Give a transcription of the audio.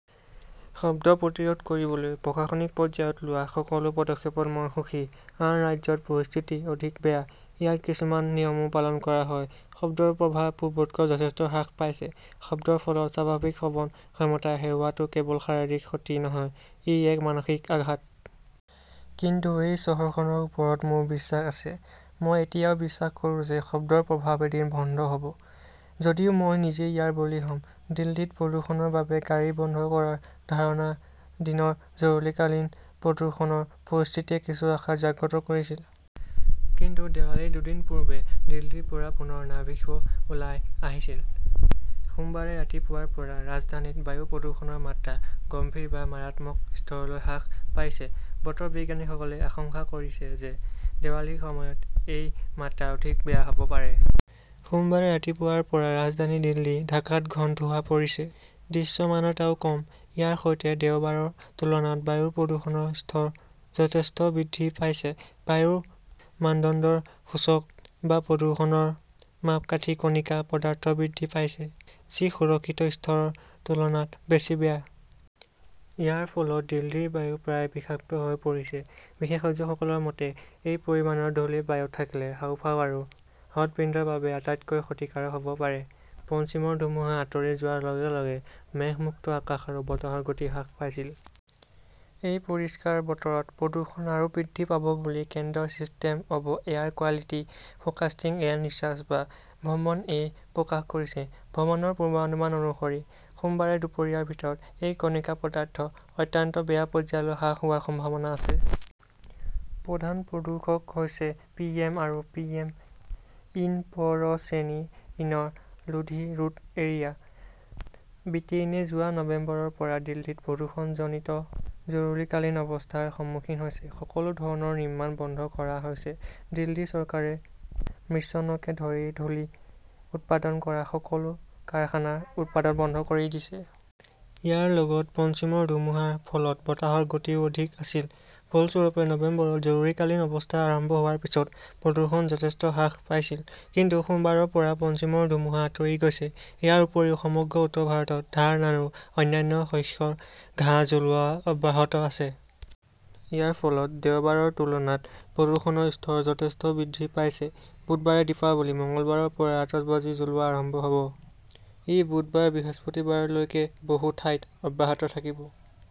শব্দ প্ৰতিৰোধ কৰিবলৈ প্ৰশাসনিক পৰ্যায়ত লোৱা সকলো পদক্ষেপত মই সুখী। আন ৰাজ্যত পৰিস্থিতি অধিক বেয়া। ইয়াত কিছুমান নিয়মো পালন কৰা হয়। শব্দৰ প্ৰভাৱ পূৰ্বতকৈ যথেষ্ট হ্ৰাস পাইছে। শব্দৰ ফলত স্বাভাৱিক শ্ৰৱণ ক্ষমতা হেৰুওৱাটো কেৱল শাৰীৰিক ক্ষতি নহয়, ই এক মানসিক আঘাত। কিন্তু এই চহৰখনৰ ওপৰত মোৰ বিশ্বাস আছে। মই এতিয়াও বিশ্বাস কৰোঁ যে শব্দৰ প্ৰভাৱ এদিন বন্ধ হব, যদিও মই নিজেই ইয়াৰ বলি হম। দিল্লীত প্ৰদূষণৰ বাবে গাড়ী বন্ধ কৰাৰ ধাৰণা দিনৰ জৰুৰীকালীন প্ৰদূষণৰ পৰিস্থিতিয়ে কিছু আশা জাগ্ৰত কৰিছিল। কিন্তু দেৱালীৰ দুদিন পূৰ্বে দিল্লীৰ পৰা পুনৰ "নাভিশ্ব" ওলাই আহিছিল। সোমবাৰে ৰাতিপুৱাৰ পৰা ৰাজধানীত বায়ু প্ৰদূষণৰ মাত্ৰা "গম্ভীৰ" বা মাৰাত্মক স্তৰলৈ হ্ৰাস পাইছে। বতৰ বিজ্ঞানীসকলে আশংকা কৰিছে যে, দেৱালীৰ সময়ত এই মাত্ৰা অধিক বেয়া হব পাৰে। সোমবাৰে ৰাতিপুৱাৰ পৰা ৰাজধানী দিল্লী, ঢাকাত ঘন ধোঁৱা পৰিছে। দৃশ্যমানতাও কম। ইয়াৰ সৈতে দেওবাৰৰ তুলনাত বায়ুৰ প্ৰদূষণৰ স্তৰ যথেষ্ট বৃদ্ধি পাইছে। বায়ুৰ মানদণ্ডৰ সূচক বা প্ৰদূষণৰ মাপকাঠি কণিকা পদাৰ্থ বৃদ্ধি পাইছে, যি সুৰক্ষিত স্তৰৰ তুলনাত বেছি বেয়া। ইয়াৰ ফলত দিল্লীৰ বায়ু প্ৰায় বিষাক্ত হৈ পৰিছে। বিশেষজ্ঞসকলৰ মতে, এই পৰিমাণৰ ধূলি বায়ুত থাকিলে হাঁওফাঁও আৰু হৃদপিণ্ডৰ বাবে আটাইতকৈ ক্ষতিকাৰক হব পাৰে। পশ্চিমৰ ধুমুহা আঁতৰি যোৱাৰ লগে লগে মেঘমুক্ত আকাশ আৰু বতাহৰ গতি হ্ৰাস পাইছিল। এই পৰিষ্কাৰ বতৰত প্ৰদূষণ আৰু বৃদ্ধি পাব বুলি কেন্দ্ৰৰ system of air quality forecasting and research বা "ভ্ৰমণ"-এ প্ৰকাশ কৰিছে। ভ্ৰমণৰ পূৰ্বানুমান অনুসৰি, সোমবাৰে দুপৰীয়াৰ ভিতৰত এই কণিকা পদাৰ্থ " অত্যন্ত বেয়া" পৰ্যায়লৈ হ্ৰাস হোৱাৰ সম্ভাৱনা আছে। প্ৰধান প্ৰদূষক হৈছে পিএম আৰু পিএম ইন 'প' ৰ 'শ্ৰেণী ইনৰ লোধি ৰোড এৰিয়া। ব্ৰিটেইনে যোৱা নৱেম্বৰৰ পৰা দিল্লীত প্ৰদূষণজনিত জৰুৰীকালীন অৱস্থাৰ সন্মুখীন হৈছে। সকলো ধৰণৰ নিৰ্মাণ বন্ধ কৰা হৈছে। দিল্লী চৰকাৰে মিশ্ৰণকে ধৰি ধূলি উৎপাদন কৰা সকলো কাৰখানাৰ উৎপাদন বন্ধ কৰি দিছে। ইয়াৰ লগত পনশ্চিমৰ ধুমুহাৰ ফলত বতাহৰ গতিও অধিক আছিল। ফলস্বৰূপে, নৱেম্বৰত জৰুৰীকালীন অৱস্থা আৰম্ভ হোৱাৰ পিছত প্ৰদূষণ যথেষ্ট হ্ৰাস পাইছিল। কিন্তু সোমবাৰৰ পৰা পনশ্চিমৰ ধুমুহা আঁতৰি গৈছে। ইয়াৰ উপৰিও সমগ্ৰ উত্তৰ ভাৰতত ধান আৰু অন্যান্য শস্যৰ ঘাঁহ জ্বলোৱা অব্যাহত আছে। ইয়াৰ ফলত দেওবাৰৰ তুলনাত প্ৰদূষণৰ স্তৰ যথেষ্ট বৃদ্ধি পাইছে। বুধবাৰে দীপাৱলী। মঙলবাৰৰ পৰা আতচবাজী জ্বলোৱা আৰম্ভ হব। ই বুধবাৰ-বৃহস্পতিবাৰলৈকে বহু ঠাইত অব্যাহত থাকিব।